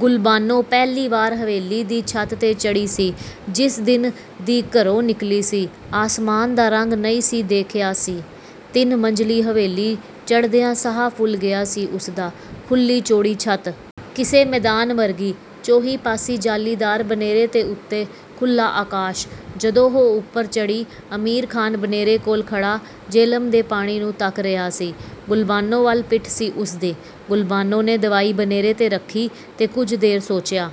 ਗੁਲਬਾਨੋ ਪਹਿਲੀ ਵਾਰ ਹਵੇਲੀ ਦੀ ਛੱਤ ਤੇ ਚੜ੍ਹੀ ਸੀ। ਜਿਸ ਦਿਨ ਦੀ ਘਰੋ ਨਿਕਲੀ ਸੀ, ਆਸਮਾਨ ਦਾ ਰੰਗ ਨਹੀ ਸੀ ਦੇਖਿਆ ਸੀ। ਤਿੰਨ ਮੰਜ਼ਲੀ ਹਵੇਲੀ ਚੜ੍ਹਦਿਆਂ ਸਾਹ ਫੁਲ ਗਿਆ ਸੀ ਉਸਦਾ। ਖੁੱਲ੍ਹੀ ਚੌੜੀ ਛੱਤ.. ਕਿਸੇ ਮੈਦਾਨ ਵਰਗੀ, ਚੌਂਹੀ ਪਾਸੀ ਜਾਲੀਦਾਰ ਬਨੇਰੇ ਤੇ ਉਤੇ ਖੁੱਲ੍ਹਾ ਆਕਾਸ਼। ਜਦੋਂ ਉਹ ਉਪਰ ਚੜ੍ਹੀ ਅਮੀਰ ਖਾਨ ਬਨੇਰੇ ਕੋਲ ਖੜ੍ਹਾ ਜਿਹਲਮ ਦੇ ਪਾਣੀ ਨੂੰ ਤੱਕ ਰਿਹਾ ਸੀ। ਗੁਲਬਾਨੋ ਵਲ ਪਿੱਠ ਸੀ ਉਸਦੀ। ਗੁਲਬਾਨੋ ਨੇ ਦਵਾਈ ਬਨੇਰੇ ਤੇ ਰੱਖੀ ਤੇ ਕੁਝ ਦੇਰ ਸੋਚਿਆ।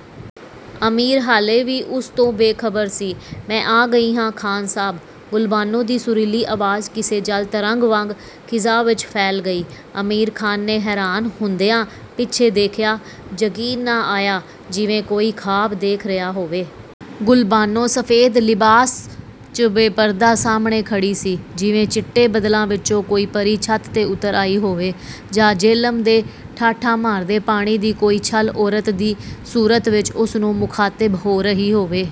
ਅਮੀਰ ਹਾਲੇ ਵੀ ਉਸ ਤੋਂ ਬੇਖਬਰ ਸੀ। "ਮੈਂ ਆ ਗਈ ਹਾਂ ਖ਼ਾਨ ਸਾਹਬ "… ਗੁਲਬਾਨੋ ਦੀ ਸੁਰੀਲੀ ਆਵਾਜ਼ ਕਿਸੇ ਜਲਤਰੰਗ ਵਾਂਗ ਖਿਜ਼ਾ ਵਿੱਚ ਫੈਲ ਗਈ। ਅਮੀਰ ਖ਼ਾਨ ਨੇ ਹੈਰਾਨ ਹੁੰਦਿਆਂ ਪਿੱਛੇ ਦੇਖਿਆ, ਯਕੀਨ ਨਾ ਆਇਆ ਜਿਵੇਂ ਕੋਈ ਖ਼ਾਬ ਦੇਖ ਰਿਹਾ ਹੋਵੇ। ਗੁਲਬਾਨੋ ਸਫੇਦ ਲਿਬਾਸ, ਚ' ਬੇਪਰਦਾ ਸਾਹਮਣੇ ਖੜ੍ਹੀ ਸੀ। ਜਿਵੇ ਚਿੱਟੇ ਬੱਦਲਾਂ ਵਿਚੋਂ ਕੋਈ ਪਰੀ ਛੱਤ 'ਤੇ ਉਤਰ ਆਈ ਹੋਵੇ ਜਾਂ ਜਿਹਲਮ ਦੇ ਠਾਠਾਂ ਮਾਰਦੇ ਪਾਣੀ ਦੀ ਕੋਈ ਛੱਲ ਔਰਤ ਦੀ ਸੂਰਤ ਵਿੱਚ ਉਸਨੂੰ ਮੁਖ਼ਾਤਿਬ ਹੋ ਰਹੀ ਹੋਵੇ।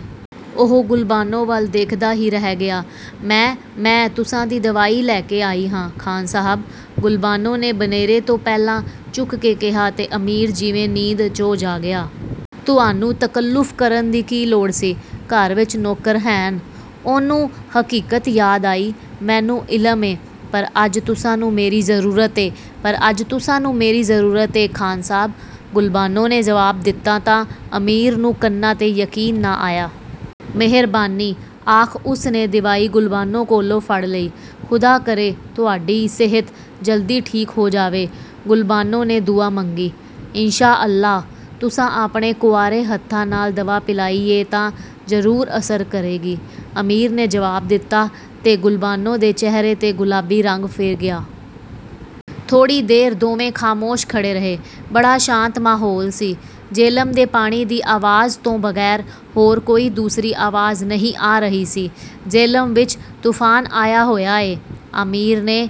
ਉਹ ਗੁਲਬਾਨੋ ਵੱਲ ਵੇਖਦਾ ਹੀ ਰਹਿ ਗਿਆ। "ਮੈਂ… ਮੈਂ.. ਤੁਸਾਂ ਦੀ ਦਵਾਈ ਲੈ ਕੇ ਆਈ ਹਾਂ… ਖਾਨ ਸਾਹਬ "…… ਗੁਲਬਾਨੋ ਨੇ ਬਨੇਰੇ ਤੋਂ ਪਿਆਲਾ ਚੁੱਕ ਕੇ ਕਿਹਾ ਤੇ ਅਮੀਰ ਜਿਵੇਂ ਨੀਂਦ, ਚੋਂ ਜਾਗਿਆ। ਤੁਹਾਨੂੰ ਤਕੱਲੁਫ ਕਰਨ ਦੀ ਕੀ ਲੋੜ ਸੀ, ਘਰ ਵਿੱਚ ਨੌਕਰ ਹੈਨ ".. ਉਹਨੂੰ ਹਕੀਕਤ ਯਾਦ ਆਈ। "ਮੈਨੂੰ ਇਲਮ ਏਂ ".. ਪਰ ਅੱਜ ਤੁਸਾਂ ਨੂੰ ਮੇਰੀ ਜਰੂਰਤ ਏ..! ਪਰ ਅੱਜ ਤੁਸਾਂ ਨੂੰ ਮੇਰੀ ਜ਼ਰੂਰਤ ਏਂ ਖ਼ਾਨ ਸਾਹਬ"ਗੁਲਬਾਨੋ ਨੇ ਜਵਾਬ ਦਿਤਾ ਤਾਂ, ਅਮੀਰ ਨੂੰ ਕੰਨਾਂ ਤੇ ਯਕੀਨ ਨਾ ਆਇਆ। "ਮਿਹਰਬਾਨੀ "… ਆਖ ਉਸਨੇ ਦੀਵਾਈ ਗੁਲਬਾਨੋ ਕੋਲੋ ਫੜ ਲਈ। "ਖੁਦਾ ਕਰੇ ਤੁਹਾਡੀ ਸਿਹਤ ਜਲਦੀ ਠੀਕ ਹੋ ਜਾਏ".. ਗੁਲਬਾਨੋ ਨੇ ਦੁਆ ਮੰਗੀ। "ਇੰਸ਼ਾ ਅੱਲਾਹ! ਤੁਸਾਂ ਆਪਣੇ ਕੁਆਰੇ ਹੱਥਾਂ ਨਾਲ ਦਵਾ ਪਿਲਾਈ ਏਂ ਤਾਂ ਜਰੂਰ ਅਸਰ ਕਰੇਗੀ "… ਅਮੀਰ ਨੇ ਜਵਾਬ ਦਿਤਾ ਤੇ ਗੁਲਬਾਨੋ ਦੇ ਚਿਹਰੇ 'ਤੇ ਗੁਲਾਬੀ ਰੰਗ ਫਿਰ ਗਿਆ। ਥੋੜ੍ਹੀ ਦੇਰ ਦੋਵੇਂ ਖਾਮੋਸ਼ ਖੜ੍ਹੇ ਰਹੇ। ਬੜਾ ਸ਼ਾਤ ਮਾਹੌਲ ਸੀ। ਜਿਹਲਮ ਦੇ ਪਾਣੀ ਦੀ ਅਵਾਜ਼ ਤੋਂ ਬਗੈਰ ਹੋਰ ਕੋਈ ਦੂਸਰੀ ਆਵਾਜ਼ ਨਹੀ ਆ ਰਹੀ ਸੀ। "ਜੇਹਲਮ ਵਿੱਚ ਤੂਫਾਨ ਆਇਆ ਹੋਇਆ ਏ… "ਅਮੀਰ ਨੇ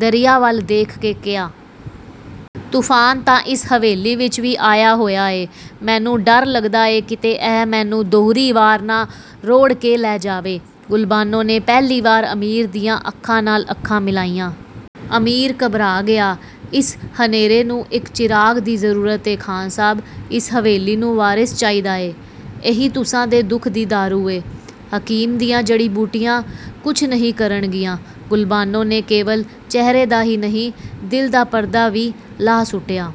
ਦਰਿਆ ਵੱਲ ਵੇਖ ਕੇ ਕਿਹਾ। "ਤੂਫਾਨ ਤਾਂ ਇਸ ਹਵੇਲੀ ਵਿੱਚ ਵੀ ਆਇਆ ਹੋਇਆ ਏ "… ਮੈਨੂੰ ਡਰ ਲੱਗਦਾ ਏ ਕਿਤੇ ਇਹ ਮੈਨੂੰ ਦੂਹਰੀ ਵਾਰ ਰੋੜ੍ਹ ਕੇ ਨਾ ਜਾਵੇ "… ਗੁਲਬਾਨੋ ਨੇ ਪਹਿਲੀ ਵਾਰ ਅਮੀਰ ਦੀਆ ਅੱਖਾਂ ਨਾਲ ਅੱਖਾਂ ਮਿਲਾਈਆਂ। ਅਮੀਰ ਘਬਰਾ ਗਿਆਂ "…. "ਇਸ ਹਨੇਰੇ ਨੂੰ ਇਕ ਚਿਰਾਗ ਦੀ ਜਰੂਰਤ ਏ ਖਾਨ ਸਾਹਿਬ..! ਇਸ ਹਵੇਲੀ ਨੂੰ ਵਾਰਿਸ ਚਾਹੀਦਾ ਏ….! ਇਹੀ ਤੁਸਾਂ ਦੇ ਦੁੱਖ ਦੀ ਦਾਰੂ ਏ "… ਹਕੀਮ ਦੀਆਂ ਜੜ੍ਹੀ-ਬੂਟੀਆਂ ਕੁਛ ਨਹੀ ਕਰਨਗੀਆਂ… ਗੁਲਬਾਨੋ ਨੇ ਕੇਵਲ ਚਿਹਰੇ ਦਾ ਹੀ ਨਹੀਂ, ਦਿਲ ਦਾ ਪਰਦਾ ਵੀ ਲਾਹ ਸੁੱਟਿਆ..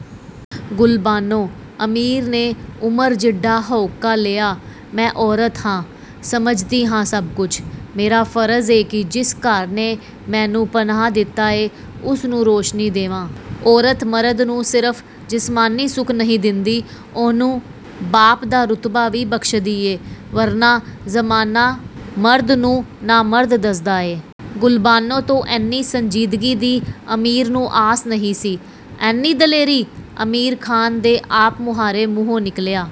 "ਗੁਲਬਾਨੋ "… ਅਮੀਰ ਨੇ ਉਮਰ ਜਿੱਡਾ ਹਾਉਕਾ ਲਿਆ…. "ਮੈਂ ਔਰਤ ਹਾਂ "… ਸਮਝਦੀ ਹਾਂ ਸੱਭ ਕੁਛ…. ਮੇਰਾ ਫਰਜ਼ ਏ ਕਿ ਜਿਸ ਘਰ ਨੇ ਮੈਨੂੰ ਪਨਾਹ ਦਿਤੀ ਏ ਉਸ ਨੂੰ ਰੋਸ਼ਨੀ ਦੇਵਾਂ… ਔਰਤ, ਮਰਦ ਨੂੰ ਸਿਰਫ ਜਿਸਮਾਨੀ ਸੁੱਖ ਨਹੀ ਦਿੰਦੀ, ਉਹਨੂੰ ਬਾਪ ਦਾ ਰੁਤਬਾ ਵੀ ਬਖਸ਼ਦੀ ਏ, ਵਰਨਾ ਜ਼ਮਾਨਾ ਮਰਦ ਨੂੰ "ਨ-ਮਰਦ"ਦੱਸਦਾ ਏ "!! ਗੁਲਬਾਨੋ ਤੋਂ ਇੰਨੀ ਸੰਜੀਦਗੀ ਦੀ ਅਮੀਰ ਨੂੰ ਆਸ ਨਹੀ ਸੀ। "ਏਨੀ ਦਲੇਰੀ "!!! ਅਮੀਰ ਖ਼ਾਨ ਦੇ ਆਪ ਮੁਹਾਰੇ ਮੂੰਹੋਂ ਨਿਕਲਿਆਂ…